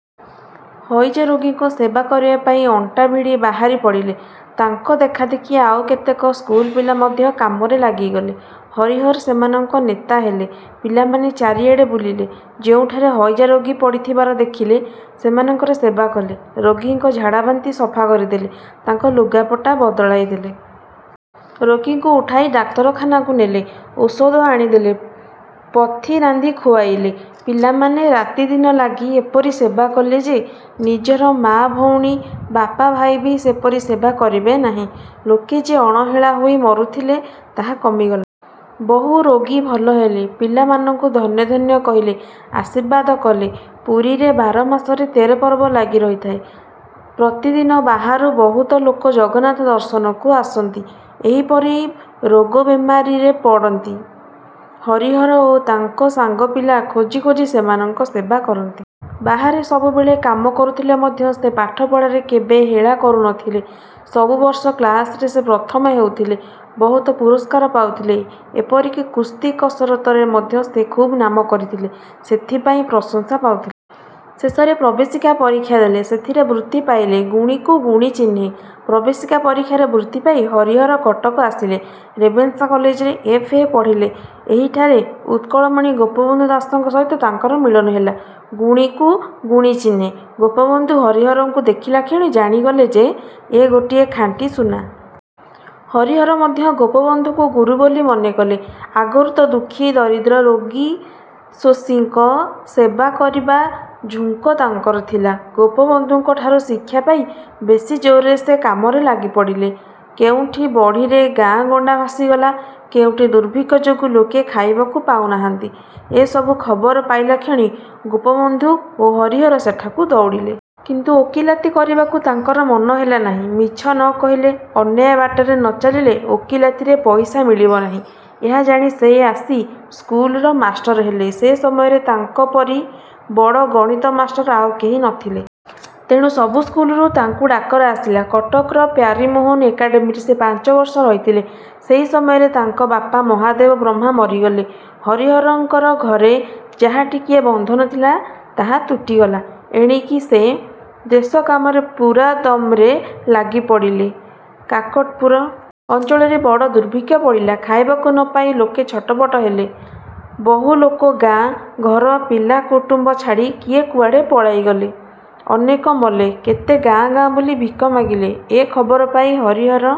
ହଇଜା ରୋଗୀଙ୍କ ସେବା କରିବା ପାଇଁ ଅଣ୍ଟାଭିଡି ବାହାରି ପଡ଼ିଲେ। ତାଙ୍କ ଦେଖାଦେଖି ଆଉ କେତେକ ସ୍କୁଲପିଲା ମଧ୍ୟ କାମରେ ଲାଗିଗଲେ। ହରିହର ସେମାନଙ୍କ ନେତା ହେଲେ। ପିଲାମାନେ ଚାରିଆଡ଼େ ବୁଲିଲେ। ଯେଉଁଠାରେ ହଇଜାରୋଗୀ ପଡ଼ିଥିବାର ଦେଖିଲେ, ସେମାନଙ୍କର ସେବା କଲେ। ରୋଗୀଙ୍କ ଝାଡ଼ାବାନ୍ତି ସଫା କରିଦେଲେ, ତାଙ୍କ ଲୁଗାପଟା ବଦଳାଇଦେଲେ। ରୋଗୀଙ୍କୁ ଉଠାଇ ଡାକ୍ତରଖାନାକୁ ନେଲେ। ଔଷଧ ଆଣି ଦେଲେ, ପଥି ରାନ୍ଧି ଖୁଆଇଲେ। ପିଲାମାନେ ରାତିଦିନ ଲାଗି ଏପରି ସେବା କଲେ ଯେ, ନିଜର ମା ଭଉଣୀ, ବାପ ଭାଇ ବି ସେପରି ସେବା କରିବେ ନାହିଁ। ଲୋକେ ଯେ ଅଣହେଳା ହୋଇ ମରୁଥିଲେ, ତାହା କମିଗଲା। ବହୁ ରୋଗୀ ଭଲ ହେଲେ। ପିଲାମାନଙ୍କୁ ଧନ୍ୟ ଧନ୍ୟ କହିଲେ, ଆଶୀର୍ବାଦ କଲେ। ପୁରୀରେ ବାର ମାସରେ ତେର ପର୍ବ ଲାଗି ରହିଥାଏ। ପ୍ରତିଦିନ ବାହାରୁ ବହୁତ ଲୋକ ଜଗନ୍ନାଥ ଦର୍ଶନକୁ ଆସନ୍ତି, ଏହିପରି ରୋଗ ବେମାରିରେ ପଡ଼ନ୍ତି। ହରିହର ଓ ତାଙ୍କ ସାଙ୍ଗ ପିଲା ଖୋଜି ଖୋଜି ସେମାନଙ୍କ ସେବା କରନ୍ତି। ବାହାରେ ସବୁବେଳେ କାମ କରୁଥିଲେ ମଧ୍ୟ ସେ ପାଠ ପଢ଼ାରେ କେବେ ହେଳା କରୁ ନ ଥିଲେ। ସବୁ ବର୍ଷ କ୍ଲାସରେ ସେ ପ୍ରଥମ ହେଉଥିଲେ। ବହୁତ ପୁରସ୍କାର ପାଉଥିଲେ। ଏପରି କି କୁସ୍ତି କସରତରେ ମଧ୍ୟ ସେ ଖୁବ୍ ନାମ କରିଥିଲେ, ସେଥିପାଇଁ ପ୍ରଶଂସା ପାଉଥିଲେ। ଶେଷରେ ପ୍ରବେଶିକା ପରୀକ୍ଷା ଦେଲେ; ସେଥିରେ ବୃତ୍ତି ପାଇଲେ। ଗୁଣୀକୁ ଗୁଣୀ ଚିହ୍ନେ—ପ୍ରବେଶିକା ପରୀକ୍ଷାରେ ବୃତ୍ତି ପାଇ ହରିହର କଟକ ଆସିଲେ। ରେଭେନ୍ସା କଲେଜରେ ଏଫ. ଏ. ପଢ଼ିଲେ। ଏହିଠାରେ ଉତ୍କଳମଣି ଗୋପବନ୍ଧୁ ଦାସଙ୍କ ସହିତ ତାଙ୍କର ମିଳନ ହେଲା। ଗୁଣୀକୁ ଗୁଣୀ ଚିହ୍ନେ। ଗୋପବନ୍ଧୁ ହରିହରଙ୍କୁ ଦେଖିଲାକ୍ଷଣି ଜାଣିଗଲେ ଯେ, ଏ ଗୋଟିଏ ଖାଣ୍ଟି ସୁନା। ହରିହର ମଧ୍ୟ ଗୋପବନ୍ଧୁଙ୍କୁ ଗୁରୁ ବୋଲି ମନେ କଲେ। ଆଗରୁ ତ ଦୁଃଖୀ ଦରିଦ୍ର, ରୋଗୀଶୋଷୀଙ୍କ ସେବା କରିବା ଝୁଙ୍କ ତାଙ୍କର ଥିଲା। ଗୋପବନ୍ଧୁଙ୍କ ଠାରୁ ଶିକ୍ଷା ପାଇ ବେଶୀ ଜୋରରେ ସେ କାମରେ ଲାଗି ପଡ଼ିଲେ। କେଉଁଠି ବଢ଼ିରେ ଗାଁ ଗଣ୍ଡା ଭାସିଗଲା, କେଉଁଠି ଦୁର୍ଭିକ୍ଷ ଯୋଗୁଁ ଲୋକେ ଖାଇବାକୁ ପାଉନାହାନ୍ତି, ଏ ସବୁ ଖବର ପାଇଲାକ୍ଷଣି ଗୋପବନ୍ଧୁ ଓ ହରିହର ସେଠାକୁ ଦଉଡ଼ିଲେ। କିନ୍ତୁ ଓକିଲାତି କରିବାକୁ ତାଙ୍କର ମନ ହେଲା ନାହିଁ। ମିଛ ନ କହିଲେ, ଅନ୍ୟାୟ ବାଟରେ ନ ଚାଲିଲେ ଓକିଲାତିରେ ପଇସା ମିଳିବ ନାହିଁ। ଏହା ଜାଣି ସେ ଆସି ସ୍କୁଲର ମାଷ୍ଟର ହେଲେ। ସେ ସମୟରେ ତାଙ୍କ ପରି ବଡ଼ ଗଣିତ ମାଷ୍ଟର ଆଉ କେହି ନ ଥିଲେ। ତେଣୁ ସବୁ ସ୍କୁଲରୁ ତାଙ୍କୁ ଡାକରା ଆସିଲା। କଟକର ପ୍ୟାରୀମୋହନ ଏକାଡେମୀରେ ସେ ପାଞ୍ଚ ବର୍ଷ ରହିଥିଲେ। ସେହି ସମୟରେ ତାଙ୍କ ବାପା ମହାଦେବ ବ୍ରହ୍ମା ମରିଗଲେ। ହରିହରଙ୍କର ଘରେ ଯାହା ଟିକିଏ ବନ୍ଧନ ଥିଲା, ତାହା ତୁଟିଗଲା। ଏଣିକି ସେ ଦେଶକାମରେ ପୁରାଦମ୍ରେ ଲାଗିପଡ଼ିଲେ। କାକଟପୁର ଅଞ୍ଚଳରେ ବଡ଼ ଦୁର୍ଭିକ୍ଷ ପଡ଼ିଲା। ଖାଇବାକୁ ନ ପାଇ ଲୋକେ ଛଟପଟ ହେଲେ। ବହୁ ଲୋକ ଗାଁ, ଘର, ପିଲା କୁଟୁମ୍ବ ଛାଡ଼ି କିଏ କୁଆଡ଼େ ପଳାଇଗଲେ। ଅନେକ ମଲେ, କେତେକ ଗାଁ ଗାଁ ବୁଲି ଭିକ ମାଗିଲେ। ଏ ଖବର ପାଇ ହରିହର...